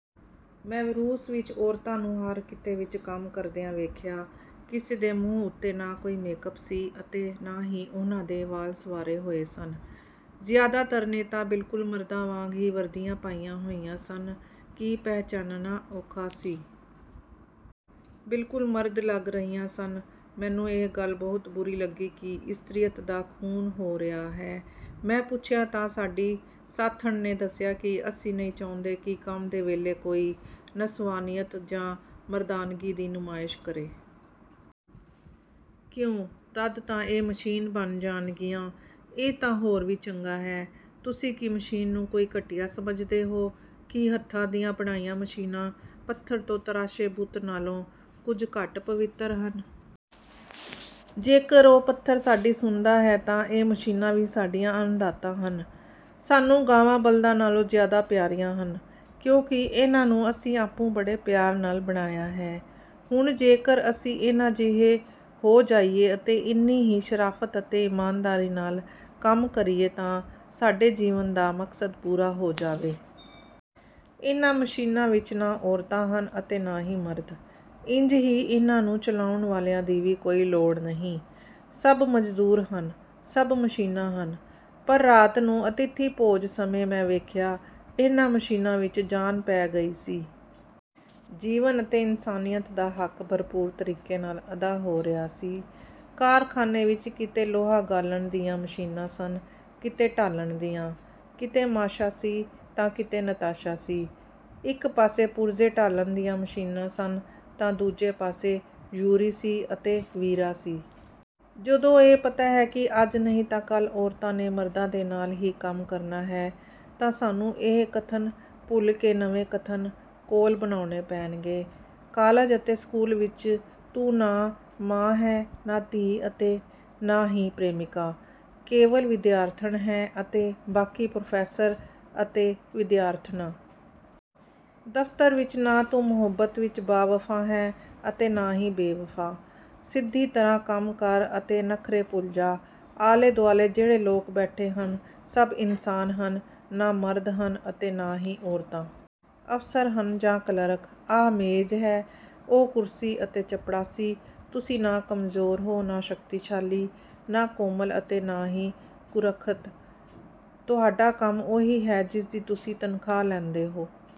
ਮੈਂ ਰੂਸ ਵਿੱਚ ਔਰਤਾਂ ਨੂੰ ਹਰ ਕਿੱਤੇ ਵਿੱਚ ਕੰਮ ਕਰਦਿਆਂ ਵੇਖਿਆ। ਕਿਸੇ ਦੇ ਮੂੰਹ ਉੱਤੇ ਨਾ ਕੋਈ ਮੇਕ-ਅੱਪ ਸੀ ਅਤੇ ਨਾ ਹੀ ਉਹਨਾਂ ਦੇ ਵਾਲ ਸੰਵਾਰੇ ਹੋਏ ਸਨ। ਜ਼ਿਆਦਾਤਰ ਨੇ ਤਾਂ ਬਿਲਕੁਲ ਮਰਦਾਂ ਵਾਂਗ ਹੀ ਵਰਦੀਆਂ ਪਾਈਆਂ ਹੋਈਆਂ ਸਨ ਕਿ ਪਹਿਚਾਨਣਾ ਔਖਾ ਸੀ। ਬਿਲਕੁਲ ਮਰਦ ਲੱਗ ਰਹੀਆਂ ਸਨ। ਮੈਨੂੰ ਇਹ ਗੱਲ ਬਹੁਤ ਬੁਰੀ ਲੱਗੀ ਕਿ 'ਇਸਤਰੀਅਤ' ਦਾ ਖੂਨ ਹੋ ਰਿਹਾ ਹੈ। ਮੈਂ ਪੁੱਛਿਆ ਤਾਂ ਸਾਡੀ ਸਾਥਣ ਨੇ ਦੱਸਿਆ ਕਿ 'ਅਸੀਂ ਨਹੀਂ ਚਾਹੁੰਦੇ ਕਿ ਕੰਮ ਦੇ ਵੇਲੇ ਕੋਈ 'ਨਸਵਾਨੀਅਤ' ਜਾਂ 'ਮਰਦਾਨਗੀ' ਦੀ ਨੁਮਾਇਸ਼ ਕਰੇ।' 'ਕਿਉਂ? ਤਦ ਤਾਂ ਇਹ ਮਸ਼ੀਨ ਬਣ ਜਾਣਗੀਆਂ।' 'ਇਹ ਤਾਂ ਹੋਰ ਵੀ ਚੰਗਾ ਹੈ। ਤੁਸੀਂ ਕੀ ਮਸ਼ੀਨ ਨੂੰ ਕੋਈ ਘਟੀਆ ਸਮਝਦੇ ਹੋ? ਕੀ ਹੱਥਾਂ ਦੀਆਂ ਬਣਾਈਆਂ ਮਸ਼ੀਨਾਂ ਪੱਥਰ ਤੋਂ ਤਰਾਸ਼ੇ ਬੁੱਤ ਨਾਲੋਂ ਕੁਝ ਘੱਟ ਪਵਿੱਤਰ ਹਨ? ਜੇਕਰ ਉਹ ਪੱਥਰ ਸਾਡੀ ਸੁਣਦਾ ਹੈ ਤਾਂ ਇਹ ਮਸ਼ੀਨਾਂ ਵੀ ਸਾਡੀਆਂ ਅੰਨ-ਦਾਤਾ ਹਨ। ਸਾਨੂੰ ਗਾਵਾਂ-ਬਲਦਾਂ ਨਾਲੋਂ ਜ਼ਿਆਦਾ ਪਿਆਰੀਆਂ ਹਨ। ਕਿਉਂਕਿ ਇਹਨਾਂ ਨੂੰ ਅਸੀਂ ਆਪੂੰ ਬੜੇ ਪਿਆਰ ਨਾਲ ਬਣਾਇਆ ਹੈ। ਹੁਣ ਜੇਕਰ ਅਸੀਂ ਇਹਨਾਂ ਜਿਹੇ ਹੋ ਜਾਈਏ ਅਤੇ ਇੰਨੀ ਹੀ ਸ਼ਰਾਫਤ ਅਤੇ ਈਮਾਨਦਾਰੀ ਨਾਲ ਕੰਮ ਕਰੀਏ ਤਾਂ ਸਾਡੇ ਜੀਵਨ ਦਾ ਮਕਸਦ ਪੂਰਾ ਹੋ ਜਾਵੇ। ਇਹਨਾਂ ਮਸ਼ੀਨਾਂ ਵਿੱਚ ਨਾ ਔਰਤਾਂ ਹਨ ਅਤੇ ਨਾ ਹੀ ਮਰਦ। ਇੰਝ ਹੀ ਇਹਨਾਂ ਨੂੰ ਚਲਾਉਣ ਵਾਲਿਆਂ ਦੀ ਵੀ ਕੋਈ ਲੋੜ ਨਹੀਂ। ਸਭ ਮਜ਼ਦੂਰ ਹਨ, ਸਭ ਮਸ਼ੀਨਾਂ ਹਨ।' ਪਰ ਰਾਤ ਨੂੰ ਅਤਿਥੀ-ਭੋਜ ਸਮੇਂ ਮੈਂ ਵੇਖਿਆ ਇਹਨਾਂ ਮਸ਼ੀਨਾਂ ਵਿੱਚ ਜਾਨ ਪੈ ਗਈ ਸੀ। ਜੀਵਨ ਅਤੇ ਇਨਸਾਨੀਅਤ ਦਾ ਹੱਕ ਭਰਪੂਰ ਤਰੀਕੇ ਨਾਲ ਅਦਾ ਹੋ ਰਿਹਾ ਸੀ। ਕਾਰਖਾਨੇ ਵਿੱਚ ਕਿਤੇ ਲੋਹਾ ਗਾਲ੍ਹਣ ਦੀਆਂ ਮਸ਼ੀਨਾਂ ਸਨ, ਕਿਤੇ ਢਾਲਣ ਦੀਆਂ, ਕਿਤੇ 'ਮਾਸ਼ਾ' ਸੀ ਤਾਂ ਕਿਤੇ 'ਨਤਾਸ਼ਾ' ਸੀ। ਇੱਕ ਪਾਸੇ ਪੁਰਜ਼ੇ ਢਾਲਣ ਦੀਆਂ ਮਸ਼ੀਨਾਂ ਸਨ ਤਾਂ ਦੂਜੇ ਪਾਸੇ 'ਯੂਰੀ' ਸੀ ਅਤੇ 'ਵੀਰਾ' ਸੀ। ਜਦੋਂ ਇਹ ਪਤਾ ਹੈ ਕਿ ਅੱਜ ਨਹੀਂ ਤਾਂ ਕੱਲ੍ਹ ਔਰਤਾਂ ਨੇ ਮਰਦਾਂ ਦੇ ਨਾਲ ਹੀ ਕੰਮ ਕਰਨਾ ਹੈ ਤਾਂ ਸਾਨੂੰ ਇਹ ਕਥਨ ਭੁੱਲ ਕੇ ਨਵੇਂ ਕਥਨ/ਕੌਲ ਬਣਾਉਣੇ ਪੈਣਗੇ:- ਕਾਲਜ ਅਤੇ ਸਕੂਲ ਵਿੱਚ ਤੂੰ ਨਾ ਮਾਂ ਹੈਂ ਨਾ ਧੀ ਅਤੇ ਨਾ ਹੀ ਪ੍ਰੇਮਿਕਾ--ਕੇਵਲ ਵਿਦਿਆਰਥਣ ਹੈਂ ਅਤੇ ਬਾਕੀ ਪ੍ਰੋਫੈਸਰ ਅਤੇ ਵਿਦਿਆਰਥਣਾਂ। ਦਫ਼ਤਰ ਵਿੱਚ ਨਾ ਤੂੰ ਮੁਹੱਬਤ ਵਿੱਚ ਬਾ-ਵਫ਼ਾ ਹੈਂ ਅਤੇ ਨਾ ਹੀ ਬੇ-ਵਫ਼ਾ। ਸਿੱਧੀ ਤਰ੍ਹਾਂ ਕੰਮ ਕਰ ਅਤੇ ਨਖ਼ਰੇ ਭੁੱਲ ਜਾ। ਆਲੇ-ਦੁਆਲੇ ਜਿਹੜੇ ਲੋਕ ਬੈਠੇ ਹਨ ਸਭ ਇਨਸਾਨ ਹਨ: ਨਾ ਮਰਦ ਹਨ ਅਤੇ ਨਾ ਹੀ ਔਰਤਾਂ। ਅਫਸਰ ਹਨ ਜਾਂ ਕਲਰਕ, ਆਹ ਮੇਜ਼ ਹੈ, ਔਹ ਕੁਰਸੀ ਅਤੇ ਚਪੜਾਸੀ। ਤੁਸੀਂ ਨਾ ਕਮਜ਼ੋਰ ਹੋ ਨਾ ਸ਼ਕਤੀਸ਼ਾਲੀ, ਨਾ ਕੋਮਲ ਅਤੇ ਨਾ ਹੀ ਕੁਰੱਖਤ। ਤੁਹਾਡਾ ਕੰਮ ਉਹੀ ਹੈ ਜਿਸਦੀ ਤੁਸੀਂ ਤਨਖ਼ਾਹ ਲੈਂਦੇ ਹੋ।